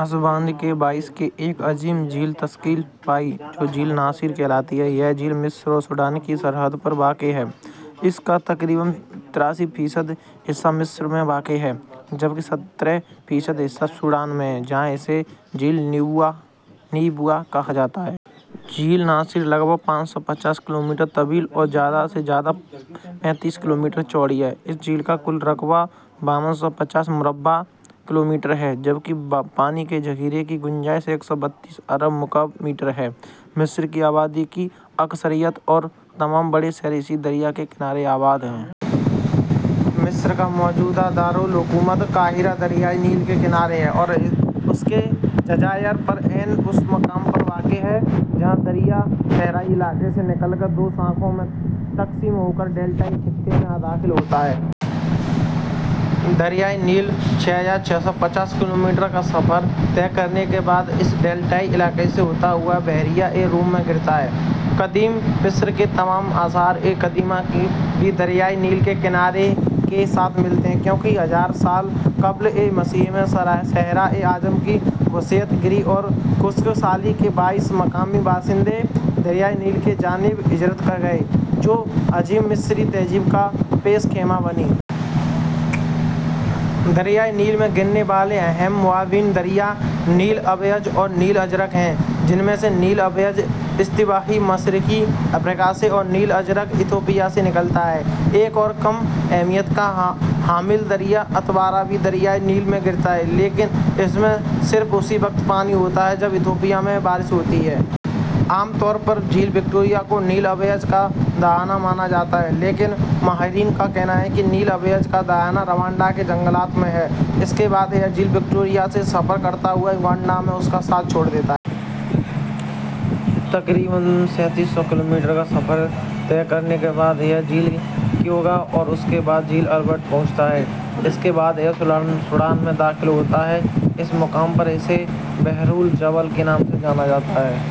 اس بند کے باعث ایک عظیم جھیل تشکیل پائی جو جھیل ناصر کہلاتی ہے۔ یہ جھیل مصر اور سوڈان کی سرحد پر واقع ہے تاہم فیصد جھیل مصر میں واقع ہے، جبکہ فیصد حصہ سوڈان میں ہے جہاں اسے جھیل نوبیا کہا جاتا ہے۔ جھیل ناصر کلومیٹر طویل اور زیادہ سے زیادہ کلومیٹر چوڑی ہے۔ اس کا کل رقبہ ، مربع کلومیٹر ہے، جبکہ پانی کے ذخیرے کی گنجائش مکعب میٹر ہے۔ مصر کی آبادی کی اکثریت اور تمام شہر اسی دریا کے کنارے آباد ہیں۔ مصر کا موجودہ دار الحکومت قاہرہ دریائے نیل کے کنارے ہے اور اس کے جزائر پر عین اس مقام پر واقع ہے جہاں دریا صحرائی علاقے سے نکل کر دو شاخوں میں تقسیم ہوکر ڈیلٹائی خطے میں داخل ہوتا ہے۔ دریائے نیل ، کلومیٹر کا سفر طے کرنے کے بعد اس ڈیلٹائی علاقے سے ہوتا ہوا بحیرہ روم میں گرتا ہے۔ قدیم مصر کے تمام آثار قدیمہ بھی دریائے نیل کے کناروں کے ساتھ ملتے ہیں کیونکہ ہزار سال قبل مسیح میں صحرائے اعظم کی وسعت گیری اور خشک سالی کے باعث مقامی باشندے دریائے نیل کی جانب ہجرت کر گئے جو عظیم مصری تہذیب کا پیش خیمہ بنی۔ دریائے نیل میں گرنے والے اہم معاون دریا نیل ابیض اور نیل ازرق ہیں جن میں سے نیل ابیض استوائی مشرقی افریقہ اور نیل ازرق ایتھوپیا سے نکلتا ہے۔ ایک اور کم اہمیت کا حامل دریا اتبارا بھی دریائے نیل میں گرتا ہے لیکن اس میں صرف اسی وقت پانی ہوتا ہے جب ایتھوپیا میں بارش ہو۔ عام طور پر جھیل وکٹوریہ کو نیل ابیض کا دہانہ مانا جاتا ہے تاہم ماہرین کا کہنا ہے کہ نیل ابیض کا دہانہ روانڈا کے جنگلات میں ہے جس کے بعد یہ جھیل وکٹوریہ سے سفر کرتا ہوا یوگینڈا میں اس کا ساتھ چھوڑدیتا ہے۔ کلومیٹر کے سفر کے بعد یہ جھیل کیوگا اور بعد ازاں جھیل البرٹ پہنچتا ہے جس کے بعد یہ سوڈان پہنچتا ہے۔ اس مقام پر یہ بحر الجبل کے نام سے جانا جاتا ہے۔